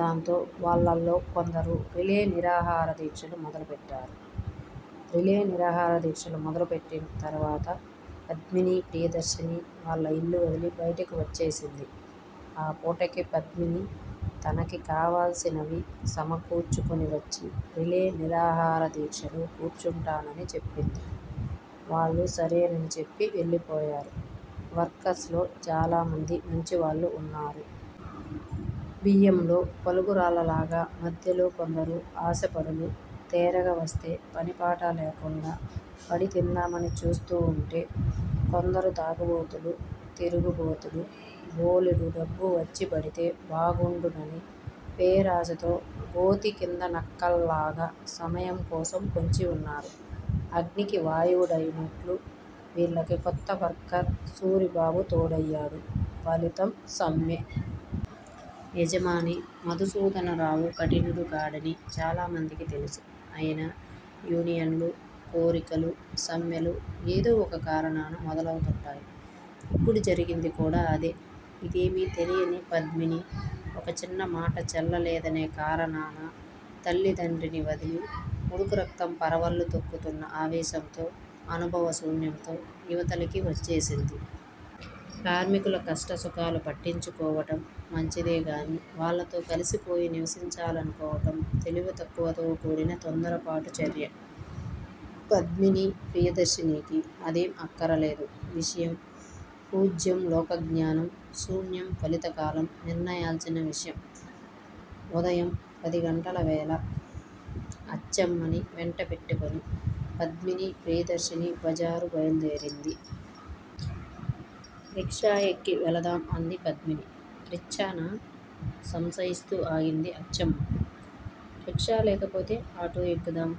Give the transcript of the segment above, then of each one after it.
దాంతో వాళ్ళల్లో కొందరు రిలే నిరాహారదీక్షలు మొదలుపెట్టారు. రిలే నిరాహారదీక్షలు మొదలు పెట్టింతరువాత పద్మిని ప్రియదర్శిని వాళ్ళ ఇల్లువదిలి బయటికి వచ్చేసింది. ఆ పూటకి పద్మిని తనకి కావాల్సినవి సమకూర్చుకుని వచ్చి రిలే నిరాహారదీక్షలో కూర్చుంటానని చెప్పింది. వాళ్ళు సరేనని చెప్పి వెళ్ళిపోయారు. వర్కర్స్ లో చాలామంది మంచివాళ్ళు వున్నారు. బియ్యంలో పలుగు రాళ్ళలాగా మధ్యలో కొందరు ఆశ పరులు, తేరగ వస్తే పనిపాట లేకుండా పడి తిందామని చూస్తూవుంటే, కొందరు తాగుబోతులు, తిరుగుబోతులు బోలెడు డబ్బు వచ్చిపడితే బాగుండునని పేరాశతో గోతి కింద నక్కల్లాగ సమయం కోసం పొంచివున్నారు. అగ్నికి వాయువు డయినట్లు వీళ్ళకి కొత్తవర్కర్ సూరిబాబు తోడయ్యాడు, ఫలితం సమ్మె! యజమాని మధుసూదనరావు కఠినుడు కాడని చాలామందికి తెలుసు. అయినా యూనియన్ లు కోరికలు సమ్మెలు ఏదో వొక కారణాన మొదలవుతుంటాయి. ఇప్పుడు జరిగింది కూడా అదే. ఇదేమి తెలియని పద్మిని ఒక చిన్న మాట చెల్లలేదనే కారణాన తల్లితండ్రిని వదిలి ఉడుకురక్తం పరవళ్ళు తొక్కుతున్న ఆవేశంతో అనుభవశూన్యంతో ఇవతలికి వచ్చేసింది. కార్మికుల కష్టసుఖాలు పట్టించుకోవటం మంచిదే గాని వాళ్ళతో కలిసిపోయి నివసించాలనుకోవటం తెలివితక్కువతో కూడిన తొందరపాటు చర్య. పద్మిని ప్రియదర్శినికి అదేం అక్కరలేదు. విషయం పూజ్యం లోకజ్ఞానం శూన్యం ఫలితం కాలం నిర్ణయించాల్సిన విషయం. ఉదయం పదిగంటల వేళ__ అచ్చమ్మని వెంటపెట్టుకుని పద్మిని ప్రియదర్శిని బజారు బయలుదేరింది. రిక్షా ఎక్కి వెళదాం అంది పద్మిని. రిచ్చానా? సంశయిస్తూ ఆగింది అచ్చమ్మ. రిక్షా లేకపోతే ఆటో ఎక్కుదాం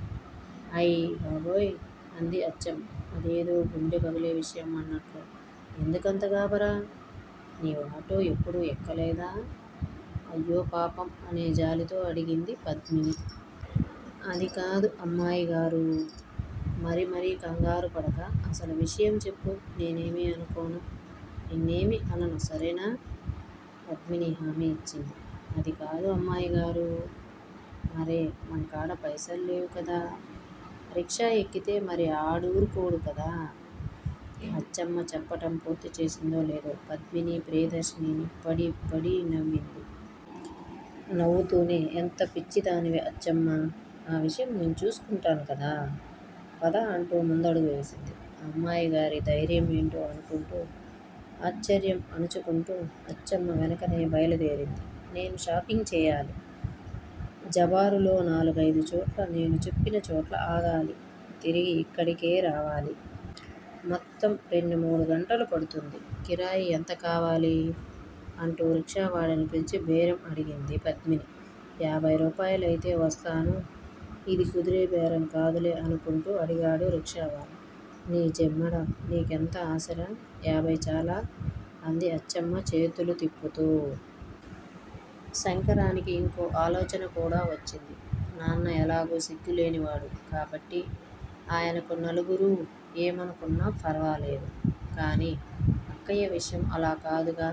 అయ్ బాబోయ్ అంది అచ్చమ్మ అదేదో గుండె పగిలే విషయం అన్నట్లు. ఎందుకంత గాభరా! నీవు ఆటో యెప్పుడూ ఎక్కలేదా? అయ్యోపాపం అనే జాలితో అడిగింది పద్మిని. అది కాదు అమ్మాయిగారూ! మరి మరి కంగారుపడక అసలు విషయం చెప్పు నేనేమీ అనుకోను. నిన్నేమీ అనను సరేనా? పద్మిని హామీ యిచ్చింది. అదికాదు అమ్మాయిగారూ! మరే మనకాడ పైసలు లేవు కదా! రిక్షా ఎక్కితే మరి ఆడు ఊరుకోడు కదా? అచ్చమ్మ చెప్పటం పూర్తిచేసిందో లేదో పద్మిని ప్రియదర్శిని పడి పడి నవ్వింది. నవ్వుతూనే ఎంత పిచ్చిదానివి అచ్చమ్మా! ఆ విషయం నేను చూసుకుంటాను కదా! పద అంటూ ముందడుగు వేసింది. అమ్మాయిగారి ధైర్యం ఏంటో అనుకుంటూ ఆశ్చర్యం అణచుకుంటూ అచ్చమ్మ వెనుకనే బయలుదేరింది. నేను షాపింగ్ చేయాలి! జబారులో నాలుగయిదు చోట్ల నేను చెప్పినచోట్ల ఆగాలి. తిరిగి యిక్కడికే రావాలి. మొత్తం రెండుమూడు గంటలు పడుతుంది. కిరాయి ఎంత కావాలి? అంటూ రిక్షా వాడిని పిలిచి బేరం అడిగింది పద్మిని. యాభై రూపాయలు అయితే వస్తాను ఇది కుదిరే బేరం కాదులే అనుకుంటూ అడిగాడు రిక్షావాలా. నీ జిమ్మడ నీకెంత ఆశరా, యాభై చాలా! అంది అచ్చమ్మ చేతులు తిప్పుతూ. శంకరానికి యింకో ఆలోచనకూడా వచ్చింది. నాన్న ఎలాగూ సిగ్గులేని వాడు కాబట్టి ఆయనకు నలుగురూ ఏమనుకున్న ఫర్వాలేదు. కాని అక్కయ్య విషయం అలాకాదుగా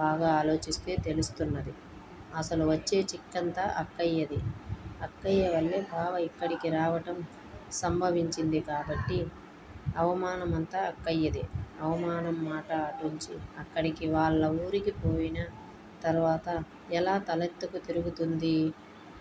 బాగా ఆలోచిస్తే తెలుస్తున్నది. అసలు వచ్చే చిక్కంతా అక్కయ్యదే. అక్కయ్యవల్లే బావ ఇక్కడికి రావటం సంభవించింది కాబట్టి అవమానమంతా అక్కయ్యదే. అవమానం మాట అటుంచి అక్కడికి వాళ్ళవూరికి పోయిన తర్వాత ఎలా తలెత్తుకు తిరుగుతుంది?